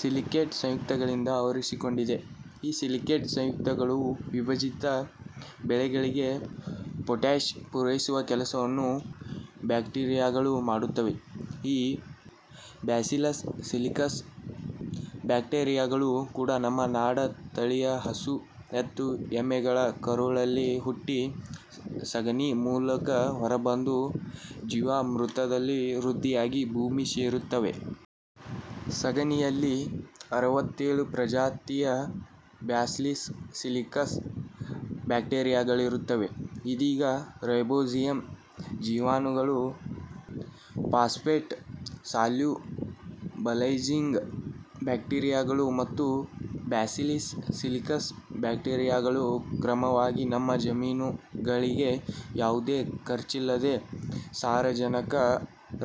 Silicate ಸಂಯುಕ್ತಗಳಿಂದ ಆವರಿಸಿಕೊಂಡಿದೆ. ಈ ಸಿಲಿಕೇಟ್ ಸಂಯುಕ್ತಗಳನ್ನು ವಿಭಜಿಸಿ ಬೆಳೆಗಳಿಗೆ ಪೊಟ್ಯಾಷ್ ಪೂರೈಸುವ ಕೆಲಸವನ್ನು ಬ್ಯಾಕ್ಟೀರಿಯಾಗಳು ಮಾಡುತ್ತವೆ. ಈ ಬ್ಯಾಸಿಲಸ್ ಸಿಲಿಕಸ್ ಬ್ಯಾಕ್ಟೀರಿಯಾಗಳು ಕೂಡ ನಮ್ಮ ನಾಡತಳಿಯ ಹಸು, ಎತ್ತು, ಎಮ್ಮೆಗಳ ಕರುಳಲ್ಲಿ ಹುಟ್ಟಿ, ಸಗಣಿ ಮೂಲಕ ಹೊರ ಬಂದು, ಜೀವಾಮೃತದಲ್ಲಿ ವೃದ್ಧಿಯಾಗಿ ಭೂಮಿ ಸೇರುತ್ತವೆ. ಸಗಣಿಯಲ್ಲಿ ಅರವತ್ತೇಳು ಪ್ರಜಾತಿಯ ಬ್ಯಾಸಿಲಸ್ ಸಿಲಿಕಸ್ ಬ್ಯಾಕ್ಟೀರಿಯಾಗಳಿರುತ್ತವೆ. ಇದೀಗ ರೈಜೋಬಿಯಂ ಜೀವಾಣುಗಳು, ಫಾಸ್ಫೇಟ್ ಸಾಲ್ಯುಬಲೈಜಿಂಗ್ ಬ್ಯಾಕ್ಟೀರಿಯಾಗಳು ಮತ್ತು ಬ್ಯಾಸಿಲಿಸ್ ಸಿಲಿಕಸ್ ಬ್ಯಾಕ್ಟೀರಿಯಾಗಳು ಕ್ರಮವಾಗಿ ನಮ್ಮ ಜಮೀನುಗಳಿಗೆ ಯಾವುದೇ ಖರ್ಚಿಲ್ಲದೆ ಸಾರಜನಕ,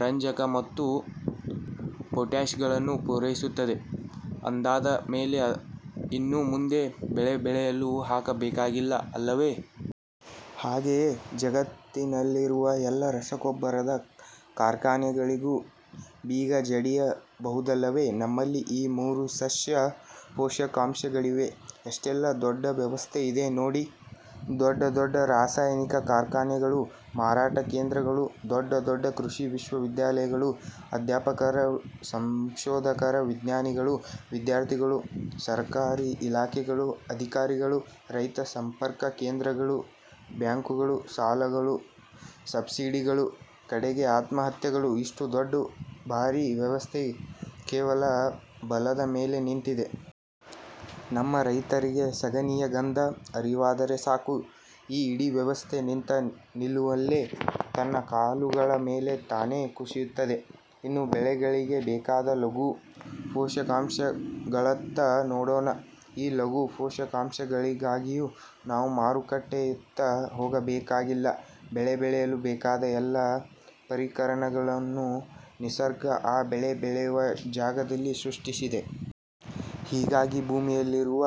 ರಂಜಕ ಮತ್ತು ಪೊಟ್ಯಾಷ್ಗಳನ್ನು ಪೂರೈಸುತ್ತವೆ. ಅಂದಾದಮೇಲೆ ಇನ್ನು ಮುಂದೆ ಬೆಳೆ ಬೆಳೆಯಲು ಹಾಕಬೇಕಾಗಿಲ್ಲ ಅಲ್ಲವೆ? ಹಾಗೆಯೇ ಜಗತ್ತಿನಲ್ಲಿರುವ ಎಲ್ಲ ರಸಗೊಬ್ಬರದ ಕಾರ್ಖಾನೆಗಳಿಗೂ ಬೀಗ ಜಡಿಯ ಬಹುದಲ್ಲವೆ ನಮ್ಮಲ್ಲಿ ಈ ಮೂರು ಸಸ್ಯ ಪೋಷಕಾಂಶಗಳಿಗೆ ಎಷ್ಟೆಲ್ಲ ದೊಡ್ಡ ವ್ಯವಸ್ಥೆ ಇದೆ ನೋಡಿ; ದೊಡ್ಡ ದೊಡ್ಡ ರಾಸಾಯನಿಕ ಕಾರ್ಖಾನೆಗಳು, ಮಾರಾಟ ಕೇಂದ್ರಗಳು; ದೊಡ್ಡ ದೊಡ್ಡ ಕೃಷಿ ವಿಶ್ವವಿದ್ಯಾಲಯಗಳು, ಅಧ್ಯಾಪಕರು, ಸಂಶೋಧಕರು, ವಿಜ್ಞಾನಿಗಳು, ವಿದ್ಯಾರ್ಥಿಗಳು; ಸರಕಾರಿ ಇಲಾಖೆಗಳು, ಅಧಿಕಾರಿಗಳು, ರೈತ ಸಂಪರ್ಕ ಕೇಂದ್ರಗಳು; ಬ್ಯಾಂಕುಗಳು, ಸಾಲಗಳು, ಸಬ್ಸಿಡಿಗಳು; ಕಡೆಗೆ ಆತ್ಮಹತ್ಯೆಗಳು ಇಷ್ಟು ದೊಡ್ಡ ಭಾರೀ ವ್ಯವಸ್ಥೆ ಕೇವಲ ಬಲದ ಮೇಲೆ ನಿಂತಿದೆ. ನಮ್ಮ ರೈತರಿಗೆ ಸಗಣಿಯ ಗಂಧ ಅರಿವಾದರೆ ಸಾಕು, ಈ ಇಡೀ ವ್ಯವಸ್ಥೆ ನಿಂತ ನಿಲುವಲ್ಲೆ ತನ್ನ ಕಾಲುಗಳ ಮೇಲೆ ತಾನೇ ಕುಸಿಯುತ್ತದೆ. ಇನ್ನು ಬೆಳೆಗಳಿಗೆ ಬೇಕಾದ ಲಘು ಪೋಷಕಾಂಶಗಳತ್ತ ನೋಡೋಣ. ಈ ಲಘು ಪೋಷಕಾಂಶಗಳಿಗಾಗಿಯೂ ನಾವು ಮಾರುಕಟ್ಟೆಯತ್ತ ಹೋಗಬೇಕಾಗಿಲ್ಲ. ಬೆಳೆ ಬೆಳೆಯಲು ಬೇಕಾದ ಎಲ್ಲ ಪರಿಕರಗಳನ್ನು ನಿಸರ್ಗ ಆ ಬೆಳೆ ಬೆಳೆವ ಜಾಗದಲ್ಲೇ ಸೃಷ್ಟಿಸಿದೆ. ಹೀಗಾಗಿ ಭೂಮಿಯಲ್ಲಿರುವ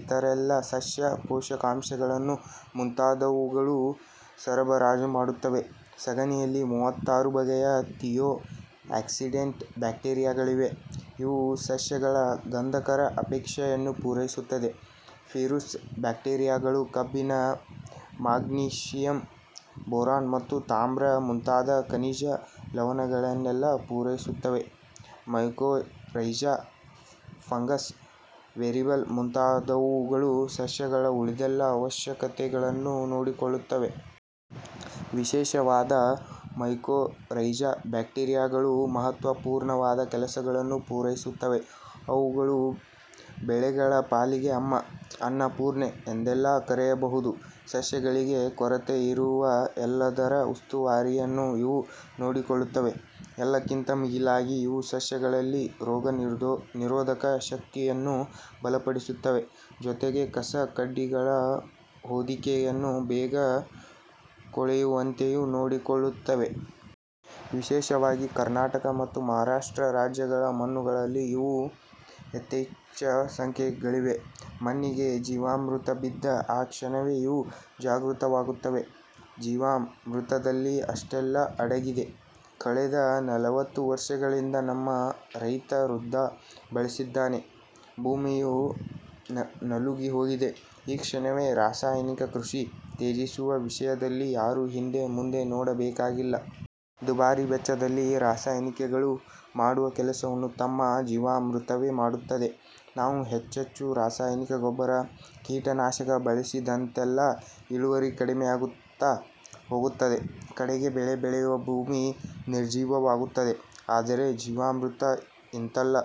ಇತರೆಲ್ಲ ಸಸ್ಯ ಪೋಷಕಾಂಶಗಳನ್ನು ಮುಂತಾದವುಗಳು ಸರಬರಾಜು ಮಾಡುತ್ತವೆ. ಸಗಣಿಯಲ್ಲಿ ಮೂವತ್ತಾರು ಬಗೆಯ ಥಿಯೋ ಆಕ್ಸಿಡೆಂಟ್ ಬ್ಯಾಕ್ಟೀರಿಯಾಗಳಿವೆ. ಇವು ಸಸ್ಯಗಳ ಗಂಧಕದ ಅಪೇಕ್ಷೆಯನ್ನು ಪೂರೈಸುತ್ತವೆ. ಫೆರೂಸ್ ಬ್ಯಾಕ್ಟೀರಿಯಾಗಳು ಕಬ್ಬಿಣ, ಮ್ಯಾಗ್ನೀಷಿಯಂ, ಬೋರಾನ್, ತಾಮ್ರ ಮುಂತಾದ ಖನಿಜ, ಲವಣಗಳನ್ನೆಲ್ಲ ಪೂರೈಸುತ್ತವೆ. ಮೈಕೋರೈಜಾ ಫಂಗಸ್, ವೆರಿಬಲ್ ಮುಂತಾದವುಗಳು ಸಸ್ಯಗಳ ಉಳಿದೆಲ್ಲ ಅವಶ್ಯಕತೆಗಳನ್ನು ನೋಡಿಕೊಳ್ಳುತ್ತವೆ. ವಿಶೇಷವಾಗಿ ಮೈಕೋರೈಜಾ ಬ್ಯಾಕ್ಟೀರಿಯಾಗಳು ಮಹತ್ವಪೂರ್ಣವಾದ ಕೆಲಸಗಳನ್ನು ಪೂರೈಸುತ್ತವೆ. ಅವುಗಳನ್ನು ಬೆಳೆಗಳ ಪಾಲಿಗೆ 'ಅಮ್ಮ', 'ಅನ್ನಪೂರ್ಣೆ' ಎಂದೆಲ್ಲಾ ಕರೆಯಬಹುದು. ಸಸ್ಯಗಳಿಗೆ ಕೊರತೆಯಿರುವ ಎಲ್ಲದರ ಉಸ್ತುವಾರಿಯನ್ನು ಇವು ನೋಡಿಕೊಳ್ಳುತ್ತವೆ. ಎಲ್ಲಕ್ಕಿಂತ ಮಿಗಿಲಾಗಿ ಇವು ಸಸ್ಯಗಳಲ್ಲಿ ರೋಗ ನಿರೋಧಕ ಶಕ್ತಿಯನ್ನೂ ಬಲಪಡಿಸುತ್ತವೆ. ಜೊತೆಗೆ ಕಸ-ಕಡ್ಡಿಗಳ ಹೊದಿಕೆಯನ್ನು ಬೇಗ ಕೊಳೆಯುವಂತೆಯೂ ನೋಡಿಕೊಳ್ಳುತ್ತವೆ. ವಿಶೇಷವಾಗಿ ಕರ್ನಾಟಕ ಮತ್ತು ಮಹಾರಾಷ್ಟ್ರ ರಾಜ್ಯಗಳ ಮಣ್ಣುಗಳಲ್ಲಿ ಇವು ಯಥೇಚ್ಛ ಸಂಖ್ಯೆಯಲ್ಲಿವೆ. ಮಣ್ಣಿಗೆ ಜೀವಾಮೃತ ಬಿದ್ದ ಆ ಕ್ಷಣವೇ ಇವು ಜಾಗೃತವಾಗುತ್ತವೆ. ಜೀವಾಮೃತದಲ್ಲಿ ಇಷ್ಟೆಲ್ಲ ಅಡಗಿದೆ. ಕಳೆದ ನಲವತ್ತು ವರ್ಷಗಳಿಂದ ನಮ್ಮ ರೈತ ವೃಥಾ ಬಳಲಿದ್ದಾನೆ. ಭೂಮಿಯೂ ನಲುಗಿ ಹೋಗಿದೆ. ಈ ಕ್ಷಣವೇ ರಾಸಾಯನಿಕ ಕೃಷಿ ತ್ಯಜಿಸುವ ವಿಷಯದಲ್ಲಿ ಯಾರೂ ಹಿಂದೆ-ಮುಂದೆ ನೋಡಬೇಕಾಗಿಲ್ಲ. ದುಬಾರಿ ವೆಚ್ಚದಲ್ಲಿ ರಾಸಾಯನಿಕಗಳು ಮಾಡುವ ಕೆಲಸವನ್ನು ನಮ್ಮ ಜೀವಾಮೃತವೆ ಮಾಡುತ್ತದೆ. ನಾವು ಹೆಚ್ಚೆಚ್ಚು ರಾಸಾಯನಿಕ ಗೊಬ್ಬರ, ಕೀಟನಾಶಕ ಬಳಸಿದಂತೆಲ್ಲ ಇಳುವರಿ ಕಮ್ಮಿಯಾಗುತ್ತಾ ಹೋಗುತ್ತದೆ, ಕಡೆಗೆ ಬೆಳೆ ಬೆಳೆವ ಭೂಮಿ ನಿರ್ಜೀವವಾಗುತ್ತದೆ. ಆದರೆ ಜೀವಾಮೃತ ಇಂಥಲ್ಲ;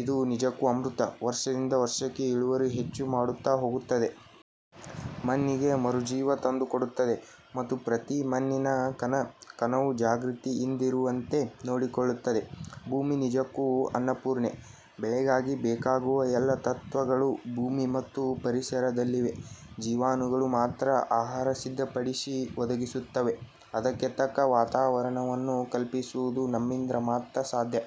ಅದು ನಿಜಕ್ಕೂ ಅಮೃತ. ವರ್ಷದಿಂದ ವರ್ಷಕ್ಕೆ ಇಳುವರಿ ಹೆಚ್ಚು ಮಾಡುತ್ತಾ ಹೋಗುತ್ತದೆ. ಮಣ್ಣಿಗೆ ಮರುಜೀವ ತಂದುಕೊಡುತ್ತದೆ ಮತ್ತು ಪ್ರತಿ ಮಣ್ಣಿನ ಕಣ, ಕಣವೂ ಜಾಗೃತಿಯಿಂದಿರುವಂತೆ ನೋಡಿಕೊಳ್ಳುತ್ತದೆ. ಭೂಮಿ ನಿಜಕ್ಕೂ ಅನ್ನಪೂರ್ಣೆ. ಬೆಳೆಗಾಗಿ ಬೇಕಾಗುವ ಎಲ್ಲ ತತ್ವಗಳು ಭೂಮಿ ಮತ್ತು ಪರಿಸರದಲ್ಲಿವೆ. ಜೀವಾಣುಗಳು ಮಾತ್ರ ಆಹಾರ ಸಿದ್ಧಪಡಿಸಿ ಒದಗಿಸುತ್ತವೆ. ಅದಕ್ಕೆ ತಕ್ಕ ವಾತಾವರಣವನ್ನು ಕಲ್ಪಿಸುವುದು ನಮ್ಮಿಂದ ಮಾತ್ರ ಸಾಧ್ಯ.